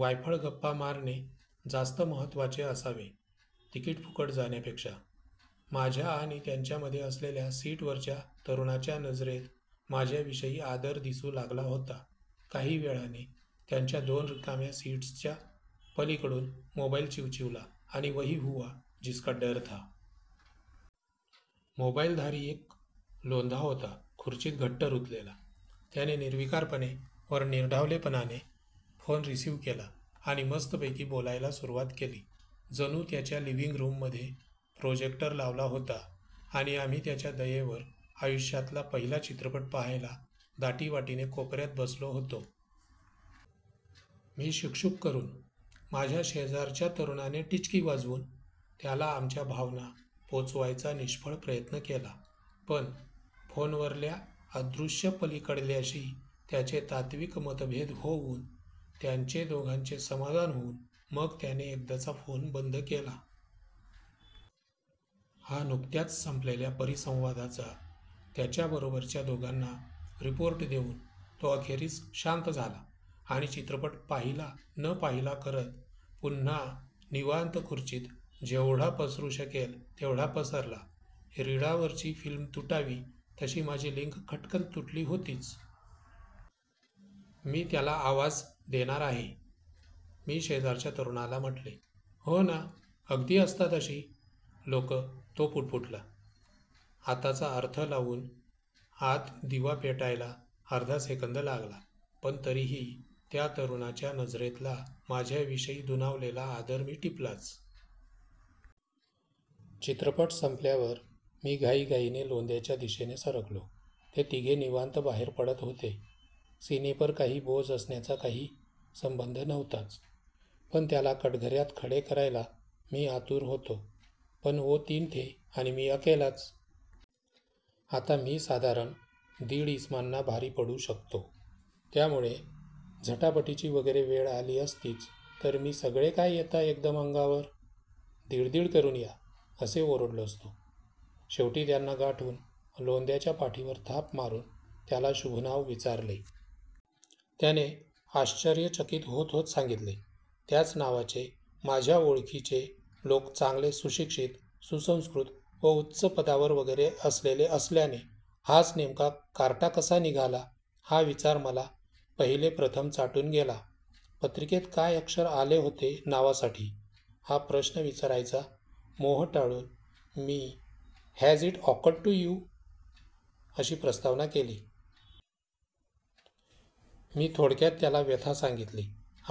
वायफळ गप्पा मारणे जास्त महत्त्वाचे असावे तिकीट फुकट जाण्यापेक्षा. माझ्या आणि त्यांच्यामधे असलेल्या सीटवरच्या तरुणाच्या नजरेत माझ्याविषयी आदर दिसू लागला होता. काही वेळाने त्यांच्या दोन रिकाम्या सीट्सच्या पलीकडून मोबाईल चिवचिवला आणि वही हुआ जिसका डर था! मोबाईलधारी एक लोंदा होता खुर्चीत घट्ट रुतलेला. त्याने निर्विकारपणे व निर्ढावलेपणाने फोन रिसिव्ह केला आणि मस्तपैकी बोलायला सुरुवात केली. जणू त्याच्या लिव्हिंग रूममध्ये प्रोजेक्टर लावला होता आणि आम्ही त्याच्या दयेवर आयुष्यातला पहिला चित्रपट पाहायला दाटीवाटीने कोपऱ्यात बसलो होतो. मी शुकशुक करून, माझ्या शेजारच्या तरुणाने टिचकी वाजवून त्याला आमच्या भावना पोचवायचा निष्फळ प्रयत्न केला पण! फोनवरल्या अदृश्य पलीकडल्याशी त्याचे तात्त्विक मतभेद होऊन, त्यांचे दोघांचे समाधान होऊन मग त्याने एकदाचा फोन बंद केला. ह्या नुकत्याच संपलेल्या परिसंवादाचा त्याच्याबरोबरच्या दोघांना रिपोर्ट देऊन तो अखेरीस शांत झाला आणि चित्रपट पाहिला न पाहिला करत पुन्हा निवांत खुर्चीत जेवढा पसरू शकेल तेवढा पसरला. रीळावरची फिल्म तुटावी तशी माझी लिंक खटकन तुटली होतीच. मी त्याला आवाज देणार आहे! मी शेजारच्या तरुणाला म्हटले. हो ना, अगदी असतात अशी लोकं तो पुटपुटला. आताचा अर्थ लावून आत दिवा पेटायला अर्धा सेकंद लागला, पण तरीही त्या तरुणाच्या नजरेतला माझ्याविषयी दुणावलेला आदर मी टिपलाच. चित्रपट संपल्यावर मी घाईघाईने लोंद्याच्या दिशेने सरकलो. ते तिघे निवांत बाहेर पडत होते. सीनेपर काही बोज असण्याचा काही संबंध नव्हताच. पण त्याला कटघऱ्यात खडे करायला मी आतुर होतो. पण वो तीन थे आणि मी अकेलाच. आता, मी साधारण दीड इसमांना भारी पडू शकतो त्यामुळे झटापटीची वगैरे वेळ आली असतीच तर मी सगळे काय येता एकदम अंगावर, दीड दीड करून या! असे ओरडलो असतो. शेवटी त्यांना गाठून लोंद्याच्या पाठीवर थाप मारून त्याला शुभ नाव विचारले. त्याने आश्चर्यचकित होत होत सांगितले. त्याच नावाचे माझ्या ओळखीचे लोक चांगले सुशिक्षित, सुसंस्कृत व उच्च पदावर वगैरे असलेले असल्याने हाच नेमका कार्टा कसा निघाला हा विचार मला पहिलेप्रथम चाटून गेला. पत्रिकेत काय अक्षर आले होते नावासाठी हा प्रश्न विचारायचा मोह टाळून मी has it awkward to you अशी प्रस्तावना केली. मी थोडक्यात त्याला व्यथा सांगितली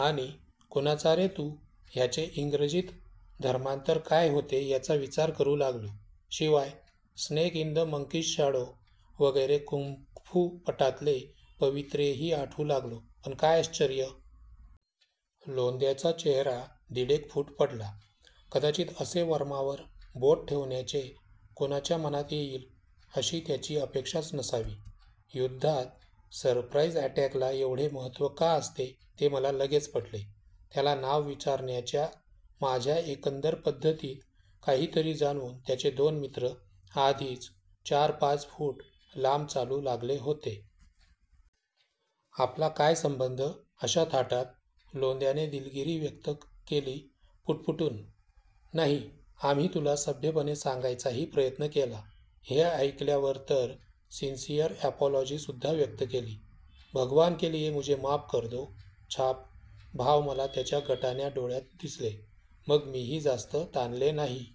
आणि कुणाचा रे तू ह्याचे इंग्रजीत धर्मांतर काय होते ह्याचा विचार करू लागलो. शिवाय Snake in the Monkey's Shadow वगैरे कुंग फू पटातले पवित्रेही आठवू लागलो. पण काय आश्चर्य! लोंद्याचा चेहरा दीडेक फूट पडला. कदाचित असे वर्मावर बोट ठेवण्याचे कुणाच्या मनात येईल अशी त्याची अपेक्षाच नसावी. युद्धात सरप्राईज अॅटॅकला एवढे महत्त्व का असते ते मला लगेच पटले. त्याला नाव विचारण्याच्या माझ्या एकंदर पद्धतीत काहीतरी जाणवून त्याचे दोन मित्र आधीच चार पाच फूट लांब चालू लागले होते. आपला काय संबंध अशा थाटात! लोंद्याने दिलगिरी व्यक्त केली पुटपुटून. नाही, आम्ही तुला सभ्यपणे सांगायचाही प्रयत्न केला हे ऐकल्यावर तर सिन्सियर अपॉलॉजी सुद्धा व्यक्त केली. भगवान के लिए मुझे माफ कर दो छाप भाव मला त्याच्या गटाण्या डोळ्यात दिसले. मग मीही जास्त ताणले नाही.